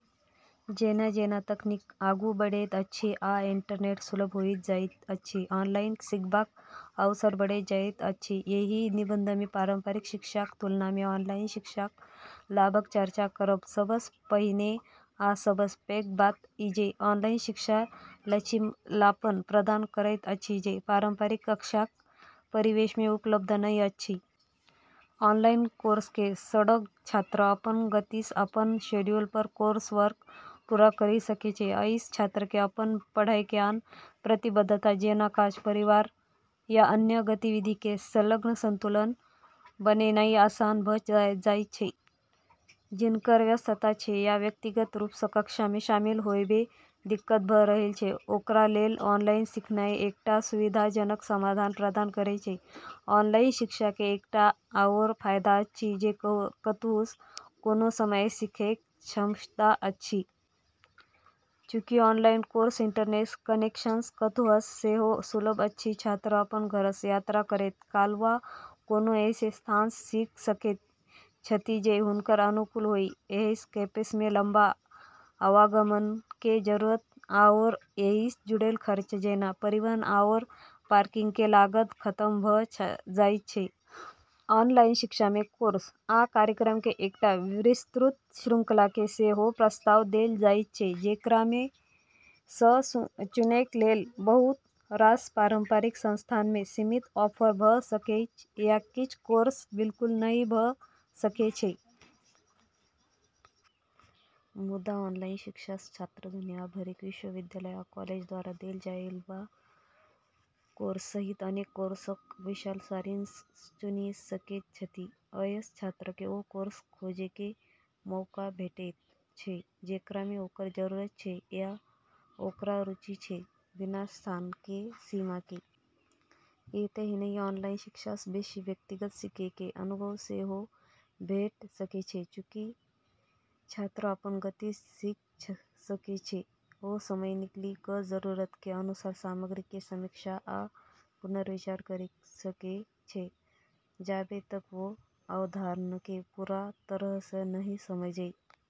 जेना-जेना तकनीक आगू बढ़ैत अछि आ इंटरनेट सुलभ होइत जाइत अछि, ऑनलाइन सिखबाक अवसर बढ़ैत जाइत अछि। एहि निबंधमे पारंपरिक शिक्षाक तुलनामे ऑनलाइन शिक्षाक लाभक चर्चा करब। सबसँ पहिने आ सबसँ पैघ बात ई जे ऑनलाइन शिक्षा लचीलापन प्रदान करैत अछि जे पारंपरिक कक्षाक परिवेशमे उपलब्ध नहि अछि। ऑनलाइन कोर्सके सङ्ग छात्र अपन गतिसँ, अपन शेड्यूल पर कोर्सवर्क पूरा करि सकै छै। अइसँ छात्रके अपन पढ़ाइके आन प्रतिबद्धता, जेना काज, परिवार या अन्य गतिविधिके सङ्ग संतुलन बनेनाइ आसान भ' जाइत छै। जिनकर व्यस्तता छै या व्यक्तिगत रूपसँ कक्षामे शामिल होबइमे दिक्कत भ' रहल छै, ओकरा लेल ऑनलाइन सीखनाइ एकटा सुविधाजनक समाधान प्रदान करै छै। ऑनलाइन शिक्षाके एकटा आओर फायदा अछि जे कतहुसँ, कोनो समयसँ सिखैके क्षमता अछि। चूँकि ऑनलाइन कोर्स इंटरनेट कनेक्शनसँ कतहुसँ सेहो सुलभ अछि, छात्र अपन घरसँ, यात्रा करैत काल, वा कोनो एहन स्थानसँ सीख सकैत छथि जे हुनकर अनुकूल होइ। एहिसँ कैंपसमे लंबा आवागमनके जरूरत आओर एहिसँ जुड़ल खर्च जेना परिवहन आओर पार्किंगके लागत खतम भ' जाइत अछि। ऑनलाइन शिक्षामे कोर्स आ कार्यक्रमके एकटा विस्तृत श्रृंखलाके सेहो प्रस्ताव देल जाइत छै, जेकरामे सँ चुनैके लेल। बहुत रास पारंपरिक संस्थानमे सीमित ऑफर भ' सकै छै या किछ कोर्स बिल्कुल नहि भ' सकै छै। मुदा, ऑनलाइन शिक्षासँ छात्र दुनिया भरिक विश्वविद्यालय आ कॉलेज द्वारा देल जाइबला कोर्स सहित अनेक कोर्सक विशाल सारिणीसँ चुनि सकैत छथि। अइसँ छात्रके ओ कोर्स खोजैके मौका भेटैत छै, जेकरामे ओकर जरूरत छै या ओकरा रुचि छै, बिना स्थानके सीमाके। एतबे नहि ऑनलाइन शिक्षासँ बेशी व्यक्तिगत सिखैके अनुभव सेहो भेट सकै छै। चूँकि छात्र अपन गतिसँ सिख सकै छै, ओ समय निकालि क' जरूरतके अनुसार सामग्रीके समीक्षा आ पुनर्विचार करि सकै छै, जाबे तक ओ अवधारणाके पूरा तरहसँ नहि समझइ ।